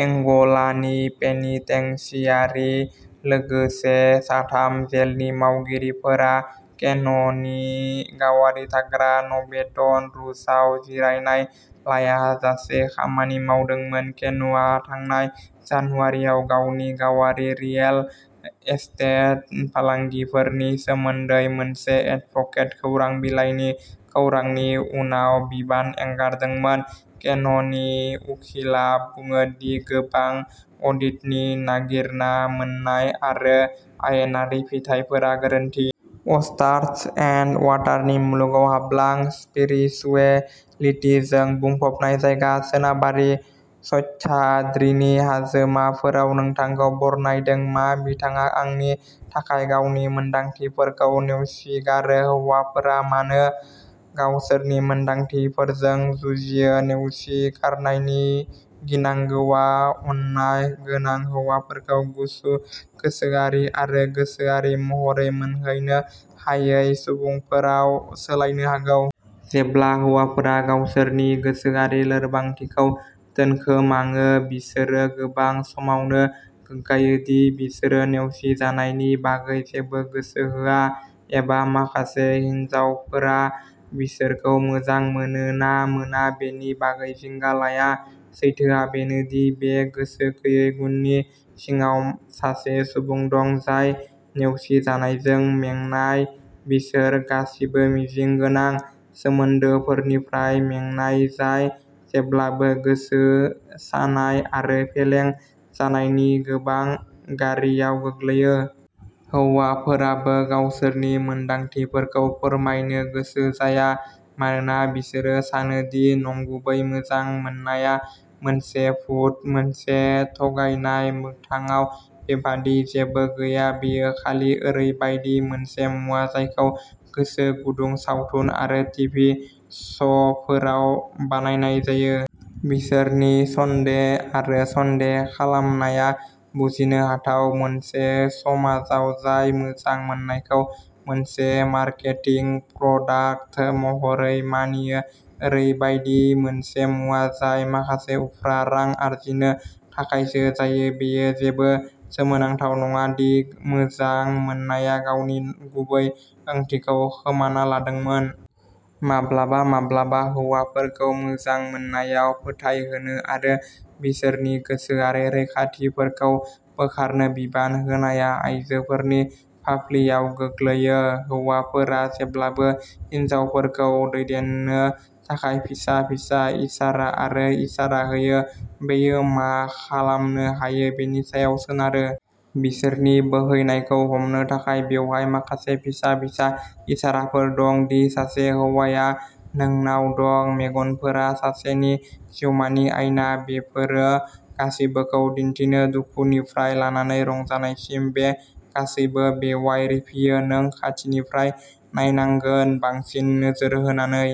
एंग'लानि penitentiary. लोगोसे, साथाम जेलनि मावगिरिफोरा केननि गावारि थाग्रा न'बेटन रूजआव जिरायनाय लायाजासे खामानि मावदोंमोन। केनआ थांनाय जानुवारिआव गावनि गावारि रिएल एस्टेट फालांगिफोरनि सोमोन्दै मोनसे एडभोकेट खौरां बिलाइनि खौरांनि उनाव बिबान एंगारदोंमोन। केननि उखिलआ बुङो दि गोबां अडिटनि नागिरना मोन्नाय आरो आयेनारि फिथाइफोरा गोरोन्थि। अर्चाड्स एन्ड वाटारनि मुलुगाव हाबलां। स्पिरिचुएलितिजों बुंफबनाय जायगा। सोनाबारि सह्याद्रिनि हाजोमाफोराव नोंथांखौ बरनायदों। मा बिथाङा आंनि थाखाय गावनि मोनदांथिफोरखौ नेवसिगारो हौवाफोरा मानो गावसोरनि मोनदांथिफोरजों जुजियो नेवसिगारनायनि गिनांगौआ अननाय गोनां हौवाफोरखौ गुसु गोसोआरि आरो गोसोआरि महरै मोनहैनो हायै सुबुंफोरआव सोलायनो हागौ। जेब्ला हौवाफोरा गावसोरनि गोसोआरि लोरबांथिखौ दोनखोमाङो, बिसोरो गोबां समावनो गोग्गायो दि बिसोरो नेवसिजानायनि बागै जेबो गोसो होआ एबा माखासे हिनजावफोरा बिसोरखौ मोजां मोनो ना मोना बेनि बागै जिंगा लाया। सैथोआ बेनो दि बे गोसो गैयै गुननि सिङाव सासे सुबुं दं जाय नेवसिजानायजों मेंनाय बिसोर गासिबो मिजिं गोनां सोमोन्दोफोरनिफ्राय मेंनाय, जाय जेब्लाबो गोसो सानाय आरो फेलें जानायनि गोबां गारियाव गोग्लैयो। हौवाफोराबो गावसोरनि मोनदांथिफोरखौ फोरमायनो गोसो जाया मानोना बिसोर सानो दि "नंगुबै मोजां मोननाया" मोनसे भुत, मोनसे थगायनाय। मोगथाङाव, बेबादि जेबो गैया। बेयो खालि ओरैबायदि मोनसे मुवा जायखौ गोसो गुदुं सावथुन आरो टिभि श'फोराव बानायनाय जायो। बिसोरनि सन्देह आरो सन्देह खालामनाया बुजिनो हाथाव। मोनसे समाजाव जाय मोजां मोननायखौ मोनसे मार्केटिं प्रडाक्ट महरै मानियो ओरैबायदि मोनसे मुवा जाय माखासे उफ्रा रां आर्जिनो थाखायसो जायो-बेयो जेबो सोमोनांथाव नङा दि मोजां मोननाया गावनि गुबै ओंथिखौ खोमाना लादोंमोन। माब्लाबा माब्लाबा हौवाफोरखौ मोजां मोननायाव फोथायहोनो आरो बिसोरनि गोसोआरि रैखाथिफोरखौ बोखारनो बिबान होनाया आइजोफोरनि फाफ्लियाव गोग्लैयो। हौवाफोरा जेब्लाबो हिनजावफोरखौ दैदेननो थाखाय फिसा फिसा इसारा आरो इसारा होयो। बेयो मा खालामनो हायो बेनि सायाव सोनारो। बिसोरनि बोहैनायखौ हमनो थाखाय। बेवहाय माखासे फिसा फिसा इसाराफोर दं दि सासे हौवाया नोंनाव दं। मेगनफोरा सासेनि जिउमानि आइना। बेफोरो गासिबोखौ दिन्थियो दुखुनिफ्राय लानानै रंजानायसिम बे गासैबो बेयाव रिफियो। नों खाथिनिफ्राय नायनांगोन, बांसिन नोजोर होनानै।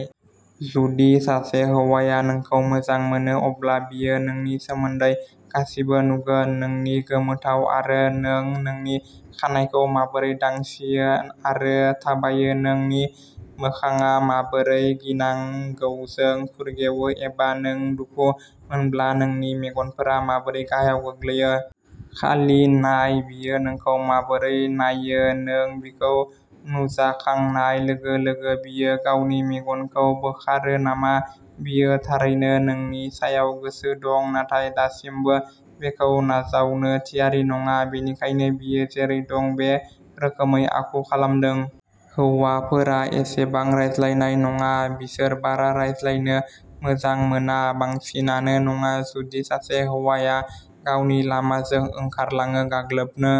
जुदि सासे हौवाया नोंखौ मोजां मोनो अब्ला बियो नोंनि सोमोन्दै गासिबो नुगोन नोंनि गोमोथाव आरो नों नोंनि खानाइखौ माबोरै दांसियो आरो थाबायो नोंनि मोखांआ माबोरै गिनांगौजों फुरगेयो एबा नों खु मोनब्ला नोंनि मेगनफोरा माबोरै गाहायाव गोग्लैयो। खालि नाय बियो नोंखौ माबोरै नाययो। नों बिखौ नुजाखांनाय लोगो-लोगो बियो गावनि मेगनखौ बोखारो नामा? बियो थारैनो नोंनि सायाव गोसो दं नाथाय दासिमबो बेखौ नाजावनो थियारि नङा। बेनिखायनो बियो जेरै दं बे रोखोमै आखु खालामदों। हौवाफोरा एसेबां रायज्लायनाय नङा। बिसोर बारा रायज्लायनो मोजां मोना बांसिनानो नङा। जुदि सासे हौवाया गावनि लामाजों ओंखारलाङो गाग्लोबनो।